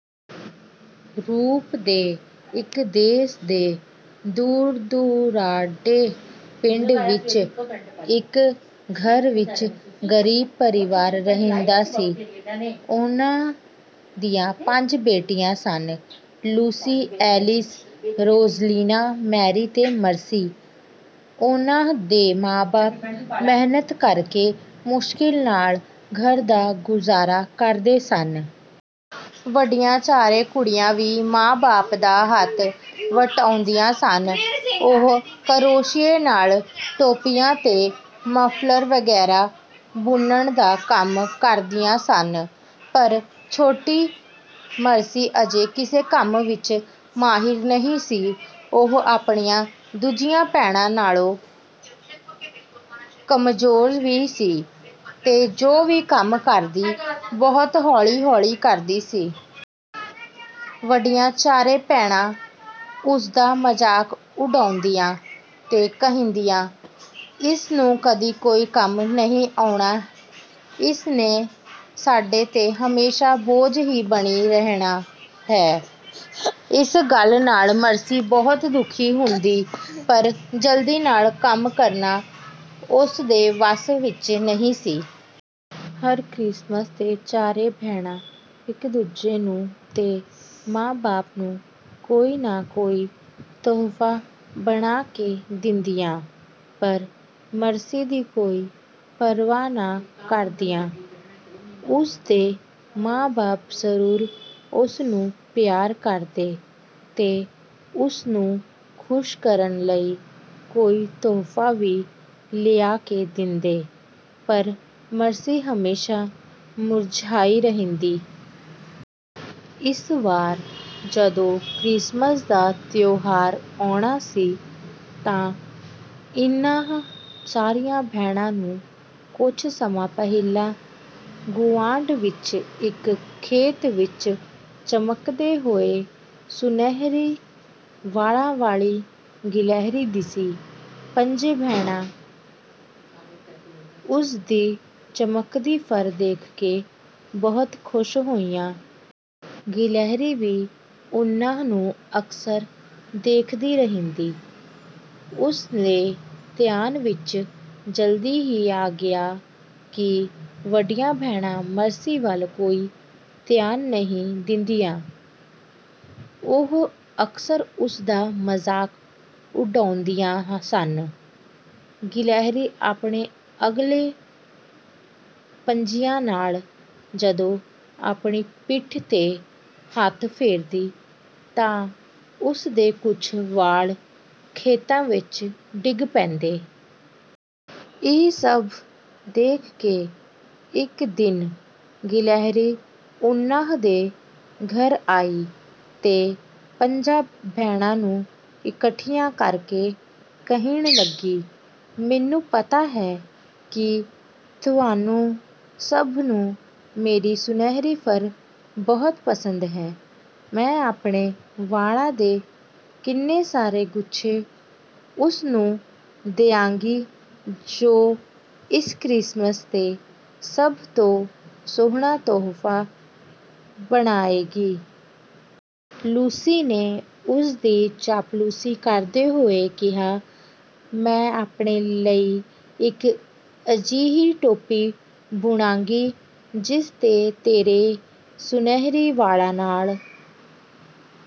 ਰੋਪ ਦੇ ਇੱਕ ਦੇਸ਼ ਦੇ ਦੂਰ-ਦੁਰਾਡੇ ਪਿੰਡ ਵਿੱਚ ਇੱਕ ਘਰ ਵਿੱਚ ਗ਼ਰੀਬ ਪਰਿਵਾਰ ਰਹਿੰਦਾ ਸੀ। ਉਨ੍ਹਾਂ ਦੀਆਂ ਪੰਜ ਬੇਟੀਆਂ ਸਨ—ਲੂਸੀ, ਐਲਿਸ, ਰੋਜ਼ਲੀਨਾ, ਮੈਰੀ ਤੇ ਮਰਸੀ। ਉਨ੍ਹਾਂ ਦੇ ਮਾਂ-ਬਾਪ ਮਿਹਨਤ ਕਰਕੇ ਮੁਸ਼ਕਿਲ ਨਾਲ ਘਰ ਦਾ ਗੁਜ਼ਾਰਾ ਕਰਦੇ ਸਨ। ਵੱਡੀਆਂ ਚਾਰੇ ਕੁੜੀਆਂ ਵੀ ਮਾਂ-ਬਾਪ ਦਾ ਹੱਥ ਵਟਾਉਂਦੀਆਂ ਸਨ। ਉਹ ਕਰੋਸ਼ੀਏ ਨਾਲ ਟੋਪੀਆਂ ਤੇ ਮਫ਼ਲਰ ਵਗੈਰਾ ਬੁਣਨ ਦਾ ਕੰਮ ਕਰਦੀਆਂ ਸਨ, ਪਰ ਛੋਟੀ ਮਰਸੀ ਅਜੇ ਕਿਸੇ ਕੰਮ ਵਿੱਚ ਮਾਹਿਰ ਨਹੀਂ ਸੀ। ਉਹ ਆਪਣੀਆਂ ਦੂਜੀਆਂ ਭੈਣਾਂ ਨਾਲੋਂ ਕਮਜ਼ੋਰ ਵੀ ਸੀ ਤੇ ਜੋ ਵੀ ਕੰਮ ਕਰਦੀ, ਬਹੁਤ ਹੌਲੀ-ਹੌਲੀ ਕਰਦੀ ਸੀ। ਵੱਡੀਆਂ ਚਾਰੇ ਭੈਣਾਂ ਉਸ ਦਾ ਮਜ਼ਾਕ ਉਡਾਉਂਦੀਆਂ ਤੇ ਕਹਿੰਦੀਆਂ, “ਇਸ ਨੂੰ ਕਦੀ ਕੋਈ ਕੰਮ ਨਹੀਂ ਆਉਣਾ। ਇਸ ਨੇ ਸਾਡੇ ’ਤੇ ਹਮੇਸ਼ਾਂ ਬੋਝ ਹੀ ਬਣੀ ਰਹਿਣਾ ਹੈ।”ਇਸ ਗੱਲ ਨਾਲ ਮਰਸੀ ਬਹੁਤ ਦੁਖੀ ਹੁੰਦੀ, ਪਰ ਜਲਦੀ ਨਾਲ ਕੰਮ ਕਰਨਾ ਉਸ ਦੇ ਵੱਸ ਵਿੱਚ ਨਹੀਂ ਸੀ। ਹਰ ਕ੍ਰਿਸਮਸ ’ਤੇ ਚਾਰੇ ਭੈਣਾਂ ਇੱਕ-ਦੂਜੇ ਨੂੰ ਤੇ ਮਾਂ-ਬਾਪ ਨੂੰ ਕੋਈ ਨਾ ਕੋਈ ਤੋਹਫ਼ਾ ਬਣਾ ਕੇ ਦਿੰਦੀਆਂ, ਪਰ ਮਰਸੀ ਦੀ ਕੋਈ ਪਰਵਾਹ ਨਾ ਕਰਦੀਆਂ। ਉਸ ਦੇ ਮਾਂ-ਬਾਪ ਜ਼ਰੂਰ ਉਸ ਨੂੰ ਪਿਆਰ ਕਰਦੇ ਤੇ ਉਸ ਨੂੰ ਖ਼ੁਸ਼ ਕਰਨ ਲਈ ਕੋਈ ਤੋਹਫ਼ਾ ਵੀ ਲਿਆ ਕੇ ਦਿੰਦੇ, ਪਰ ਮਰਸੀ ਹਮੇਸ਼ਾਂ ਮੁਰਝਾਈ ਰਹਿੰਦੀ। ਇਸ ਵਾਰ ਜਦੋਂ ਕ੍ਰਿਸਮਸ ਦਾ ਤਿਉਹਾਰ ਆਉਣਾ ਸੀ ਤਾਂ ਇਨ੍ਹਾਂ ਸਾਰੀਆਂ ਭੈਣਾਂ ਨੂੰ ਕੁਝ ਸਮਾਂ ਪਹਿਲਾਂ ਗੁਆਂਢ ਵਿੱਚ ਇੱਕ ਖੇਤ ਵਿੱਚ ਚਮਕਦੇ ਹੋਏ ਸੁਨਹਿਰੀ ਵਾਲਾਂ ਵਾਲੀ ਗਲਹਿਰੀ ਦਿਸੀ। ਪੰਜੇ ਭੈਣਾਂ ਉਸ ਦੀ ਚਮਕਦੀ ਫ਼ਰ ਦੇਖ ਕੇ ਬਹੁਤ ਖ਼ੁਸ਼ ਹੋਈਆਂ। ਗਲਹਿਰੀ ਵੀ ਉਨ੍ਹਾਂ ਨੂੰ ਅਕਸਰ ਦੇਖਦੀ ਰਹਿੰਦੀ। ਉਸ ਦੇ ਧਿਆਨ ਵਿੱਚ ਜਲਦੀ ਹੀ ਆ ਗਿਆ ਕਿ ਵੱਡੀਆਂ ਭੈਣਾਂ ਮਰਸੀ ਵੱਲ ਕੋਈ ਧਿਆਨ ਨਹੀਂ ਦਿੰਦੀਆਂ। ਉਹ ਅਕਸਰ ਉਸ ਦਾ ਮਜ਼ਾਕ ਉਡਾਉਂਦੀਆਂ ਸਨ। ਗਲਹਿਰੀ ਆਪਣੇ ਅਗਲੇ ਪੰਜਿਆਂ ਨਾਲ ਜਦੋਂ ਆਪਣੀ ਪਿੱਠ ’ਤੇ ਹੱਥ ਫੇਰਦੀ ਤਾਂ ਉਸ ਦੇ ਕੁਝ ਵਾਲ ਖੇਤਾਂ ਵਿੱਚ ਡਿੱਗ ਪੈਂਦੇ। ਇਹ ਸਭ ਦੇਖ ਕੇ ਇੱਕ ਦਿਨ ਗਲਹਿਰੀ ਉਨ੍ਹਾਂ ਦੇ ਘਰ ਆਈ ਤੇ ਪੰਜਾਂ ਭੈਣਾਂ ਨੂੰ ਇਕੱਠਿਆਂ ਕਰਕੇ ਕਹਿਣ ਲੱਗੀ, “ਮੈਨੂੰ ਪਤਾ ਹੈ ਕਿ ਤੁਹਾਨੂੰ ਸਭ ਨੂੰ ਮੇਰੀ ਸੁਨਹਿਰੀ ਫ਼ਰ ਬਹੁਤ ਪਸੰਦ ਹੈ। ਮੈਂ ਆਪਣੇ ਵਾਲਾਂ ਦੇ ਕਿੰਨੇ ਸਾਰੇ ਗੁੱਛੇ ਉਸ ਨੂੰ ਦਿਆਂਗੀ, ਜੋ ਇਸ ਕ੍ਰਿਸਮਸ ’ਤੇ ਸਭ ਤੋਂ ਸੋਹਣਾ ਤੋਹਫ਼ਾ ਬਣਾਏਗੀ।” ਲੂਸੀ ਨੇ ਉਸ ਦੀ ਚਾਪਲੂਸੀ ਕਰਦੇ ਹੋਏ ਕਿਹਾ, “ਮੈਂ ਆਪਣੇ ਲਈ ਇੱਕ ਅਜਿਹੀ ਟੋਪੀ ਬੁਣਾਂਗੀ, ਜਿਸ ’ਤੇ ਤੇਰੇ ਸੁਨਹਿਰੀ ਵਾਲਾਂ ਨਾਲ